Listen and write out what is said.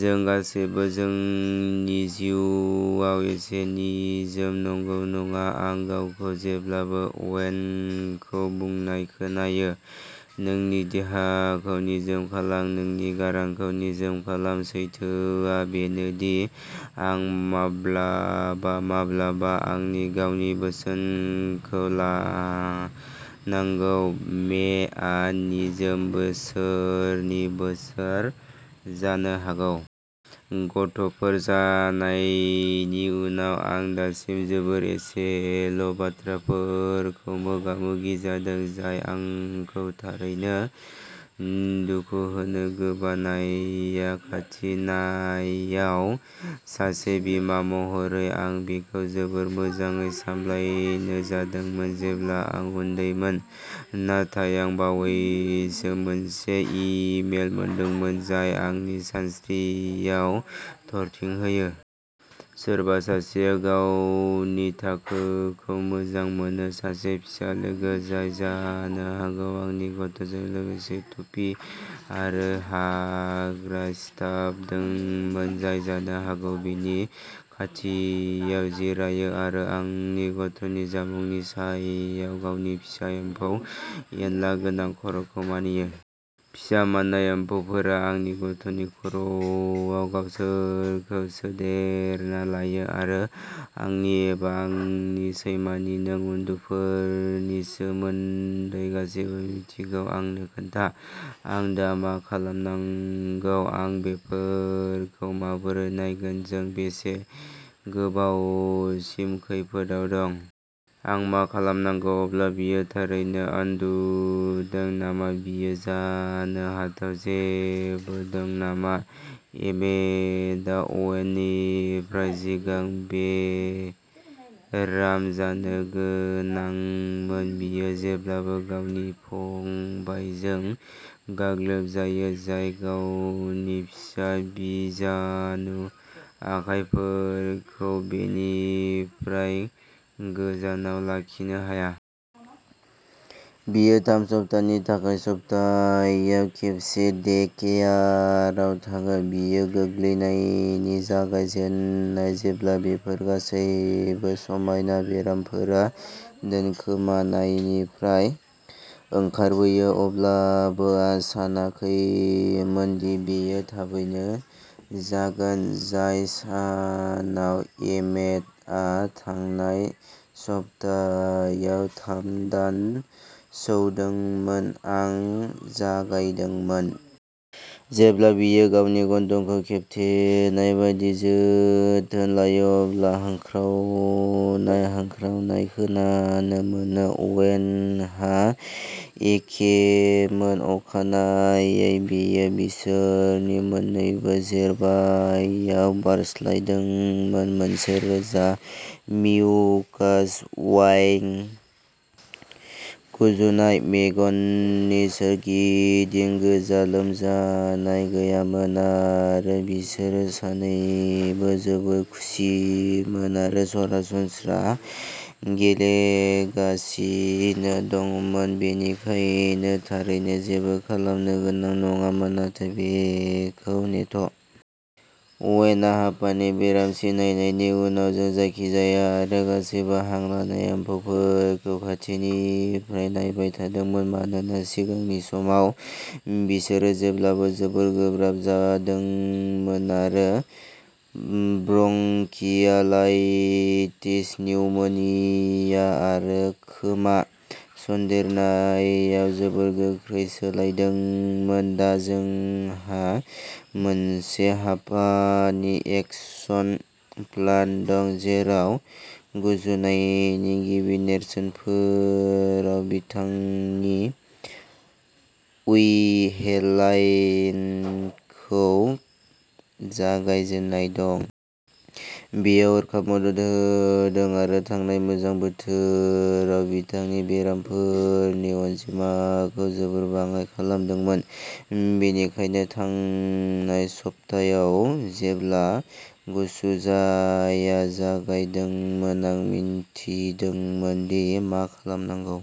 जों गासैबो जोंनि जिउआव एसे निजोम नंगौ, नङा? आं गावखौ जेब्लाबो अवेनखौ बुंनाय खोनायो, नोंनि देहाखौ निजोम खालाम। नोंनि गारांखौ निजोम खालाम। सैथोआ बेनो दि, आं माब्लाबा माब्लाबा आंनि गावनि बोसोनखौ लानांगौ। मे आ निजोम बोसोरनि बोसोर जानो हागौ। गथ'फोर जानायनि उनाव आं दासिम जोबोद एसेल' बाथ्राफोरखौ मोगा मोगि जादों, जाय आंखौ थारैनो दुखु होनो। गोबानायआ खाथि, नायाव सासे बिमा महरै आं बेखौ जोबोद मोजाङै सामलायनो जादोंमोन, जेब्ला आं उन्दैमोन। नाथाय आं बावैसो मोनसे इमेल मोनदोंमोन, जाय आंनि सिनस्रिआव थरथिं होयो। सोरबा सासेआ गावनि थाखोखौ मोजां मोनो। सासे फिसा लोगो जाय जानो हागौ आंनि गथ'जों लोगोसे टुपि आरो हाग्रा सिथाबदोंमोन। जाय जानो हागौ बिनि खाथियाव जिरायो आरो आंनि गथ'नि जामुंनि सायाव गावनि फिसा एम्फौ एनला गोनां खर'खौ मानियो। फिसा माननाय एम्फौफोरा आंनि गथ'नि खर'आव गावसोरखौ सोदेरना लायो। आरो आंनि। एबा आंनि सैमानि। नों उन्दुफोरनि सोमोन्दै गासिबो मिन्थिगौ आंनो खोन्था। आं दा मा खालामनांगौ? आं बेफोरखौ माबोरै नायगोन? जों बेसे गोबावसिम खैफोदआव दं? आं मा खालामनांगौ, अब्ला, बियो थारैनो आन्दुदों नामा? बियो जानो हाथाव जेबो दं नामा? एमेटाआ अवेननिफ्राय सिगां बेराम जानो गोनांमोन। बियो जेब्लाबो गावनि फंबायजों गाग्लोबजायो, जाय गावनि फिसा बिजानु आखायफोरखौ बेनिफ्राय गोजानाव लाखिनो हाया। बियो थाम सप्तानि थाखाय सप्तायाव खेबसे डे केयाराव थाङो। बेयो गोग्लैनायनि जागायजेन्नाय जेब्ला बेफोर गासैबो समायना बेरामफोरा दोनखोमानायनिफ्राय ओंखारबोयो। अब्लाबो, आं सानाखैमोन दि बेयो थाबैनो जागोन। जाय सानाव एमेटआ थांनाय सप्तायाव थाम दान सौदोंमोन आं जागायदोंमोन। जेब्ला बियो गावनि गन्थंखौ खोबथेनाय बायदि जोथोन लायो, अब्ला हांख्रावनाय हांख्रावनाय खोनानो मोनो। अवेनहा एखेमोन। अखानायै बेयो बिसोरनि मोन्नैबो जेरबायाव बारस्लायदोंमोन मोनसे रोजा, मिउकास वाई गुजुनाय। मेगननि सोरगिदिं गोजा। लोमजानाय गैयामोन आरो बिसोर सानैबो जोबोद खुसिमोन आरो सरासनस्रा गेलेगासिनो दंमोन, बेनिखायनो थारैनो जेबो खालामनो गोनां नङामोन नाथाय बेखौ नेथ'। अवेनआ हापानि बेराम सिनायनायनि उनाव जों जायखिजाया आरो गासैबो हां लानाय एम्फौफोरखौ खाथिनिफ्राय नायबाय थादोंमोन, मानोना सिगांनि समाव बिसोरो जेब्लाबो जोबोद गोब्राब जादोंमोन आरो ब्रंकियालाइटिस, निउमोनिया आरो खोमा सन्देरनायाव जोबोद गोख्रै सोलायदोंमोन। दा जोंहा मोनसे हापानि एक्शन प्लान दं जेराव गुजुनायनि गिबि नेरसोनफोराव बिथांनि उइहेलायखौ जागायजेननाय दं। बेयो हरखाब मदद होदों आरो थांनाय गोजां बोथोराव बिथांनि बेरामफोरनि अनजिमाखौ जोबोद बाङाइ खालामदोंमोन। बेनिखायनो थांनाय सप्तायाव जेब्ला गुसुजाया जागायदोंमोन, आं मिन्थिदोंमोन दि मा खालामनांगौ।